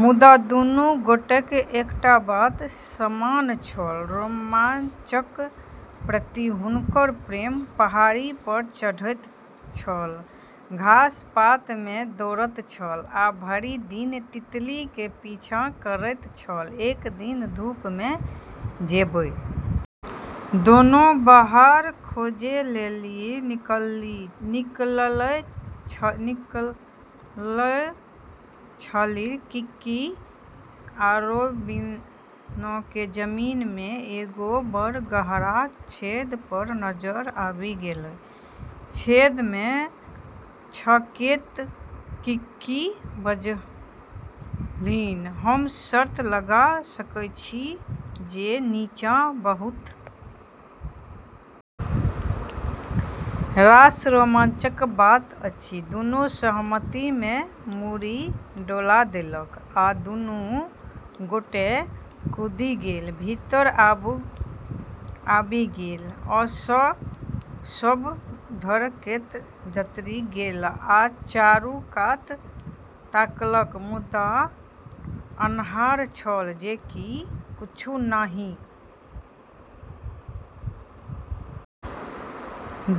मुदा दुनू गोटेक एकटा बात समान छल, रोमांच के प्रति हुनकर प्रेम पहाड़ी पर चढ़ैत छल, घास-पात मे दौड़ैत छल आ भरि दिन तितली के पीछा करैत छल, एक दिन धूप में जबे दोनों बाहर खोजै लेली निकललो छेलै, किकी आरो ब्रूनो के जमीन में एगो बड़ऽ गहरा छेद पर नजर आबी गेलै, छेद मे झांकैत किकी बजलीह, हम शर्त लगा सकैत छी जे नीचाँ बहुत रास रोमांचक बात अछि, ब्रूनो सहमति मे मुड़ी डोला देलक आ दुनू गोटे कूदि कए भीतर आबि गेल ओ सभ धड़कैत उतरि गेल आ चारू कात तकलक मुदा अन्हार छल जे किछु नहि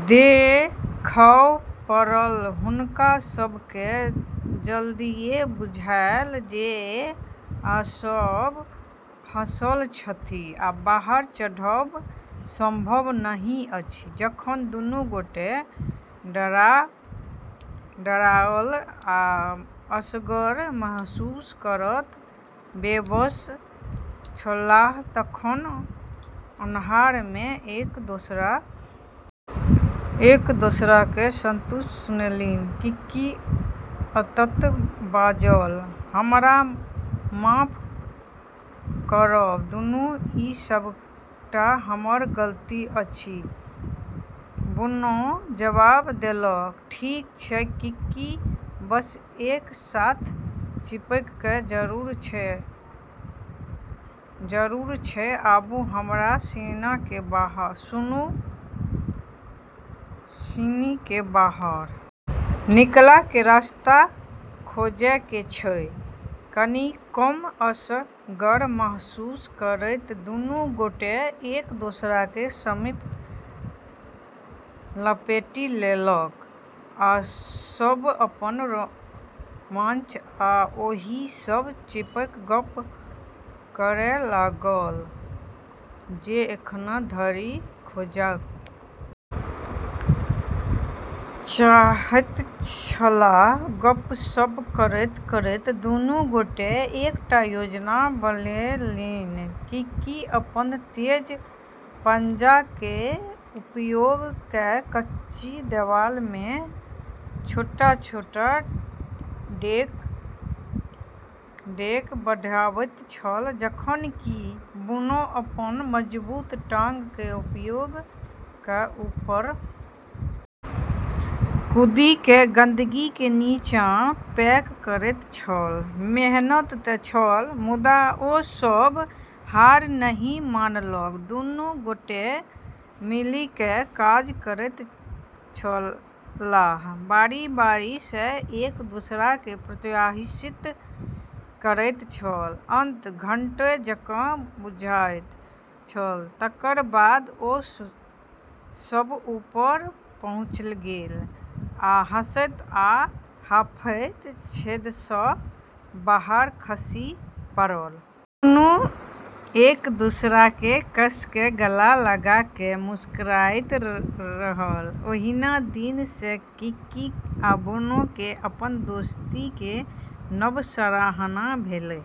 देखाइ पड़ल, हुनका सब के जल्दीए बुझायल जे ओ सब फंसल छथि आ बाहर चढ़ब संभव नहि अछि जखन दुनू गोटे डराएल आ असगर महसूस करैत बैसल छलाह तखन अन्हार मे एक दोसरा केँ सुंघैत सुनलनि किकी अंततः बाजल, हमरा माफ करब ब्रूनो, ई सबटा हमर गलती अछि, ब्रूनो जबाब देलकै ठीक छै किकी, बस एक साथ चिपक के जरूरत छै आरू हमरा सिनी के बाहर निकलै के रास्ता खोजै के छै, कनि कम असगर महसूस करैत दुनू गोटे एक दोसराक समीप लपेटि लेलक ओ सभ अपन रोमांच आ ओहि सभ चीजक गप्प करय लगलाह जे एखनो धरि खोजय चाहैत छलाह, गप्प-सप्प करैत-करैत दुनू गोटे एकटा योजना बनौलनि किकी अपन तेज पंजा के उपयोग क कच्ची देबाल में छोट-छोट डेग बढ़बैत छल जखन कि ब्रूनो अपन मजबूत टांग के उपयोग क ऊपर कूदि क गंदगी के नीचा पैक करैत छल, मेहनत त छल, मुदा ओ सभ हार नहि मानलक, दुनू गोटे मिलिकय काज करैत छलाह, बारी-बारी सँ एक दोसरा केँ प्रोत्साहित करैत छलाह, अंततः घंटों जकाँ बुझाइत छल तकर बाद ओ सभ ऊपर पहुँचि गेल आ हँसैत आ हांफैत छेदसँ बाहर खसि पड़ल। दुनू एक दोसराकेँ कस कऽ गला लगा कऽ मुस्कुराइत रहल, ओहि दिन सँ किकी आ ब्रूनो के अपन दोस्ती के नव सराहना भेलै।